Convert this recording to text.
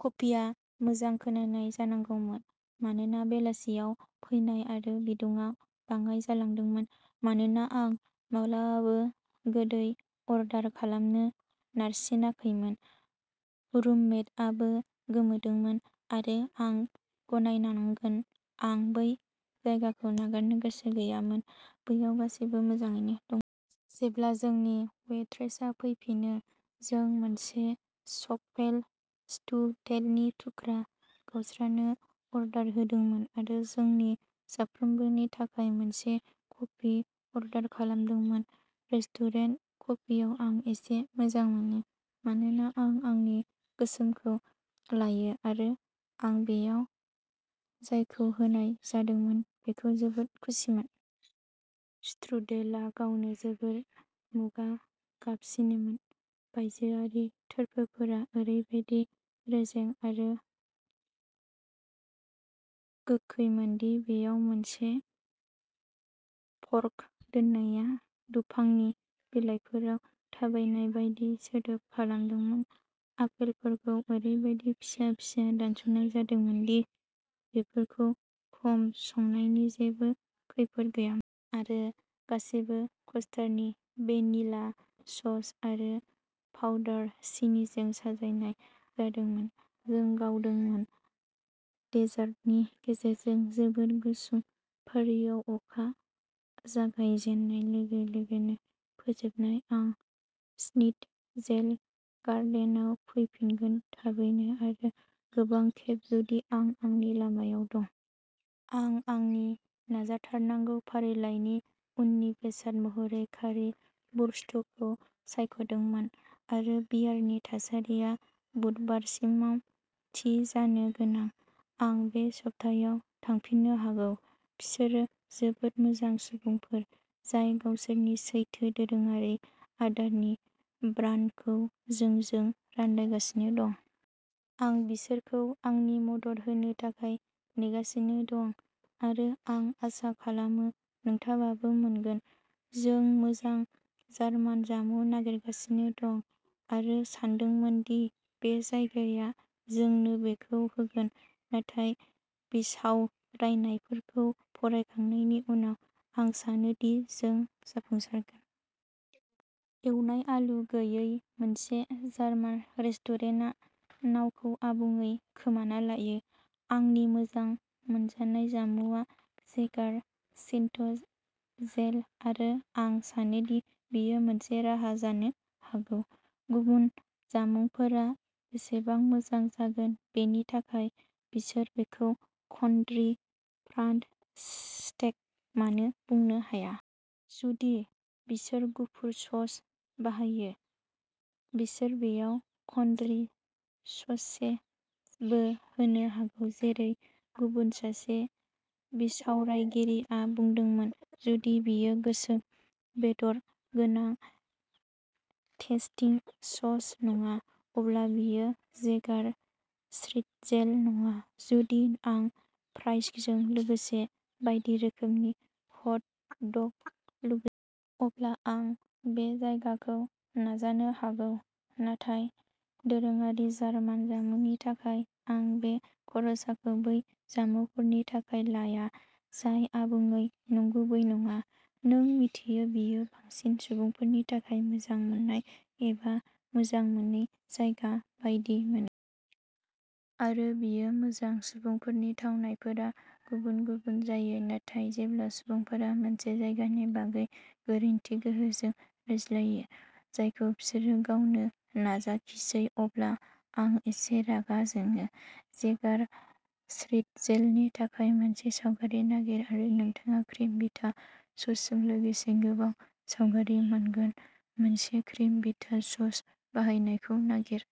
कफिआ मोजां खोनानाय जानांगौमोन। मानोना बेलासियाव फैनाय आरो बिदुंआ बाङाइ जालांदोंमोन। मानोना आं माब्लाबाबो गोदै अर्डार खालामनो नारसिनाखैमोन। रुममेटआबो गोमोदोंमोन। आरो आं गनायनांगोन आं बै जायगाखौ नागारनो गोसो गैयामोन। बैयाव गासैबो मोजाङैनो दंमोन। जेब्ला जोंनि वेट्रेसआ फैफिनो जों मोनसे सफेलस्टुडेलनि थुख्रा गावस्रानो अर्डार होदोंमोन आरो जोंनि साफ्रोमनिबो थाखाय मोनसे कफी अर्डार खालामदोंमोन। रेस्टुरेन्ट क'फियाव आं एसे मोजां मोनो। मानोना आं आंनि गोसोमखौ लायो आरो आं बेयाव जायखौ होनाय जादोंमोन बेखौ जोबोद खुसिमोन। स्ट्रुडेलआ गावनो जोबोद मुगा गाबनिमोन। बायजोआरि थोरफोफोरा ओरैबादि रेजें आरो गोखैमोन दि बेयाव मोनसे फर्क दोननाया दुफांनि बिलाइफोराव थाबायनाय बायदि सोदोब खालामदोंमोन। आपेलफोरखौ ओरैबादि फिसा फिसा दानस'नाय जादोंमोन दि बेफोरखौ खम संनायनि जेबो खैफोद गैयामोन। आरो गासिबो कस्टारडि भेनिला सस आरो पाउडार सिनिजों साजायनाय जादोंमोन। जों गावदोंमोन। डेजार्टनि गेजेरजों जोबोद गुसुं फारिआव अखा जागाय जेननाय लोगो-लोगोनो फोजोबनाय। आं स्निट्जेल गारलेनाव फैफिनगोन थाबैनो आरो गोबां खेब जुदि आं आंनि लामायाव दं। आं आंनि नाजाथारनांगौ फारिलाइनि उननि बेसाद महरै कारि वुरस्टखौ सायख'दोंमोन। आरो बियारनि थासारिया बुधबारसिमाव थि जानो गोनां। आं बे सप्तायाव थांफिननो हागौ। बिसोर जोबोद मोजां सुबुंफोर जाय गावसोरनि सैथो दोरोङारि आदारनि ब्रान्डखौ जोंजों रानलायगासिनो दं। आं बिसोरखौ आंनि मदद होनो थाखाय नेगासिनो दं। आरो आं आसा खालामो नोंथाङाबो मोनगोन। जों मोजां जार्मान जामुं नागिरगासिनो दं आरो सानदोंमोन दि बे जायगाया जोंनो बेखौ होगोन। नाथाय बिसावरायनायफोरखौ फरायखांनायनि उनाव। आं सानोदि जों जाफुंसारगोन। एवनाय आलु गैयै मोनसे जार्मान रेस्टुरेन्टआ नावखौ आबुङै खोमाना लायो। आंनि मोजां मोनजानाय जामुंआ जेगार स्निट्जेल आरो आं सानोदि बेयो मोनसे राहा जानो हागौ। गुबुन जामुंफोरा बेसेबां मोजां जागोन बेनि थाखाय। बिसोर बेखौ कन्ट्रि फ्राइड स्टेक मानो बुंनो हाया। जुदि बिसोर गुफुर सस बाहायो। बिसोर बेयाव कन्ट्रि ससेजबो होनो हागौ। जेरै गुबुन सासे बिसावरायगिरिया बुंदोंमोन जुदि बेयो गोसोम बेदर गोनां टेस्टिं सस नङा। अब्ला बेयो जेगार श्निटजेल नङा। जुदि आं फ्राइजजों लोगोसे बायदि रोखोमनि हट डग लुगैयो। अब्ला आं बे जायगाखौ नाजानो हागौ। नाथाय दोरोङारि जार्मान जामुंनि थाखाय आं बे खरसाखौ बै जामुंफोरनि थाखाय लाया जाय आबुङै नंगुबै नङा। नों मिथियो बेयो बांसिन सुबुंफोरनि थाखाय मोजां मोननाय एबा मोजां मोनै जायगा बायदि मोनो। आरो बेयो मोजां। सुबुंफोरनि थावनायफोरा गुबुन-गुबुन जायो। नाथाय जेब्ला सुबुंफोरा मोनसे जायगानि बागै गोरोन्थि गोहोजों रायज्लायो। जायखौ बिसोरो गावनो नाजाखिसै अब्ला आं एसे रागा जोङो। जेगार श्निटजेलनि थाखाय मोनसे सावगारि नागिर आरो नोंथाङा क्रिम बिथा ससजों लोगोसे गोबां सावगारि मोनगोन। मोनसे क्रिम बिथा सस बाहायजानायखौ नागिर।